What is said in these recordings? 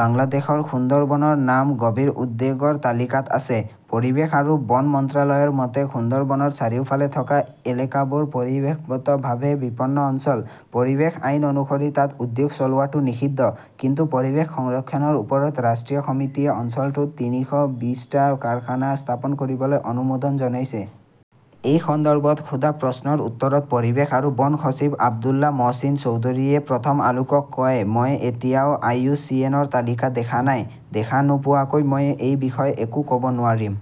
বাংলাদেশৰ সুন্দৰবনৰ নাম গভীৰ উদ্বেগৰ তালিকাত আছে। পৰিৱেশ আৰু বন মন্ত্ৰালয়ৰ মতে, সুন্দৰবনৰ চাৰিওফালে থকা এলেকাবোৰ পৰিৱেশগতভাৱে বিপন্ন অঞ্চল। পৰিৱেশ আইন অনুসৰি তাত উদ্যোগ চলোৱাটো নিষিদ্ধ। কিন্তু পৰিৱেশ সংৰক্ষণৰ ওপৰত ৰাষ্ট্ৰীয় সমিতিয়ে অঞ্চলটোত তিনিশ বিশ টা কাৰখানা স্থাপন কৰিবলৈ অনুমোদন জনাইছে। এই সন্দৰ্ভত সোধা প্ৰশ্নৰ উত্তৰত পৰিৱেশ আৰু বন সচিব আব্দুল্লাহ মহচিন চৌধুৰীয়ে প্ৰথম আলোকক কয়, মই এতিয়াও আই. ইউ. চি. এন. -ৰ তালিকা দেখা নাই। দেখা নোপোৱাকৈ মই এই বিষয়ে একো ক "ব নোৱাৰিম।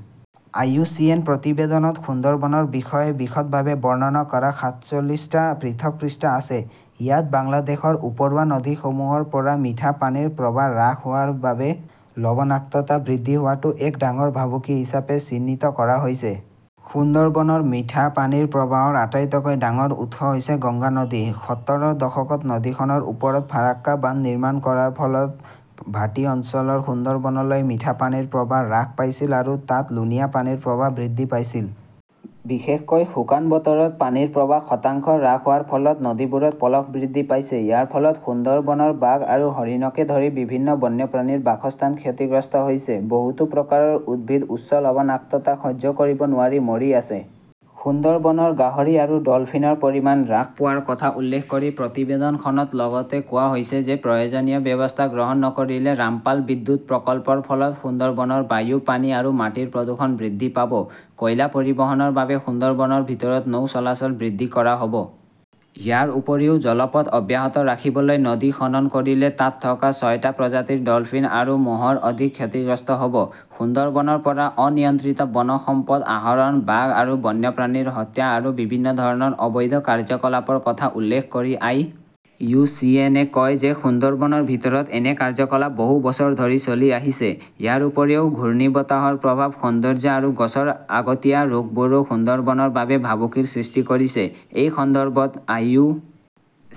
আই. ইউ. চি. এন. প্ৰতিবেদনত সুন্দৰবনৰ বিষয়ে বিশদভাৱে বৰ্ণনা কৰা সাত চল্লিশ টা পৃথক পৃষ্ঠা আছে। ইয়াত বাংলাদেশৰ উপৰুৱা নদীসমূহৰ পৰা মিঠা পানীৰ প্ৰবাহ হ্ৰাস হোৱাৰ বাবে লবণাক্ততা বৃদ্ধি হোৱাটো এক ডাঙৰ ভাবুকি হিচাপে চিহ্নিত কৰা হৈছে। সুন্দৰবনৰ মিঠা পানীৰ প্ৰবাহৰ আটাইতকৈ ডাঙৰ উৎস হৈছে গংগা নদী। সত্তৰ ৰ দশকত নদীখনৰ ওপৰত ফাৰক্কা বান্ধ নিৰ্মাণ কৰাৰ ফলত ভাটি অঞ্চলৰ সুন্দৰবনলৈ মিঠা পানীৰ প্ৰৱাহ হ্ৰাস পাইছিল আৰু তাত লুনীয়া পানীৰ প্ৰৱাহ বৃদ্ধি পাইছিল। বিশেষকৈ শুকান বতৰত পানীৰ প্ৰৱাহ শতাংশ হ্ৰাস হোৱাৰ ফলত নদীবোৰত পলস বৃদ্ধি পাইছে। ইয়াৰ ফলত সুন্দৰবনৰ বাঘ আৰু হৰিণকে ধৰি বিভিন্ন বন্যপ্ৰাণীৰ বাসস্থান ক্ষতিগ্ৰস্ত হৈছে। বহুতো প্ৰকাৰৰ উদ্ভিদ উচ্চ লবণাক্ততা সহ্য কৰিব নোৱাৰি মৰি আছে। সুন্দৰবনৰ গাহৰি আৰু ডলফিনৰ পৰিমাণ হ্ৰাস পোৱাৰ কথা উল্লেখ কৰি প্ৰতিবেদনখনত লগতে কোৱা হৈছে যে প্ৰয়োজনীয় ব্যৱস্থা গ্ৰহণ নকৰিলে ৰামপাল বিদ্যুৎ প্ৰকল্পৰ ফলত সুন্দৰবনৰ বায়ু, পানী আৰু মাটিৰ প্ৰদূষণ বৃদ্ধি পাব। কয়লা পৰিবহণৰ বাবে সুন্দৰবনৰ ভিতৰত নৌ চলাচল বৃদ্ধি কৰা হ'ব। ইয়াৰ উপৰিও জলপথ অব্যাহত ৰাখিবলৈ নদী খনন কৰিলে তাত থকা ছয়টা প্ৰজাতিৰ ডলফিন আৰু মহৰ অধিক ক্ষতিগ্ৰস্ত হ'ব। সুন্দৰবনৰ পৰা অনিয়ন্ত্ৰিত বন সম্পদ আহৰণ, বাঘ আৰু বন্যপ্ৰাণীৰ হত্যা আৰু বিভিন্ন ধৰণৰ অবৈধ কাৰ্যকলাপৰ কথা উল্লেখ কৰি আই. ইউ. চি. এন. -এ কয় যে সুন্দৰবনৰ ভিতৰত এনে কাৰ্যকলাপ বহু বছৰ ধৰি চলি আহিছে। ইয়াৰ উপৰিও ঘূৰ্ণীবতাহৰ প্ৰভাৱ, সৌন্দৰ্য্য আৰু গছৰ আগতীয়া ৰোগবোৰো সুন্দৰবনৰ বাবে ভাবুকিৰ সৃষ্টি কৰিছে। এই সন্দৰ্ভত আই. ইউ.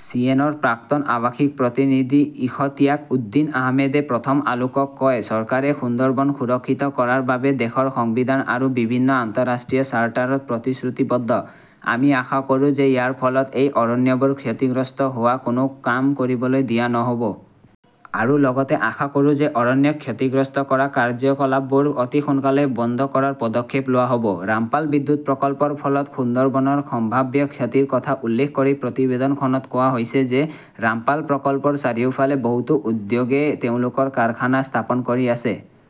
চি. এন. -ৰ প্ৰাক্তন আৱাসিক প্ৰতিনিধি ইশতিয়াক উদ্দীন আহমেদে প্ৰথম আলোকক কয়, চৰকাৰে সুন্দৰবন সুৰক্ষিত কৰাৰ বাবে দেশৰ সংবিধান আৰু বিভিন্ন আন্তঃৰাষ্ট্ৰীয় চাৰ্টাৰত প্ৰতিশ্ৰুতিবদ্ধ। আমি আশা কৰোঁ যে ইয়াৰ ফলত এই অৰণ্যবোৰ ক্ষতিগ্ৰস্ত হোৱা কোনো কাম কৰিবলৈ দিয়া নহ 'ব। আৰু লগতে আশা কৰোঁ যে অৰণ্যক ক্ষতিগ্ৰস্ত কৰা কাৰ্যকলাপবোৰ অতি সোনকালেই বন্ধ কৰাৰ পদক্ষেপ লোৱা হ'ব। ৰামপাল বিদ্যুৎ প্ৰকল্পৰ ফলত সুন্দৰবনৰ সম্ভাৱ্য ক্ষতিৰ কথা উল্লেখ কৰি প্ৰতিবেদনত কোৱা হৈছে যে ৰামপাল প্ৰকল্পৰ চাৰিওফালে বহুতো উদ্যোগে তেওঁলোকৰ কাৰখানা স্থাপন কৰি আছে।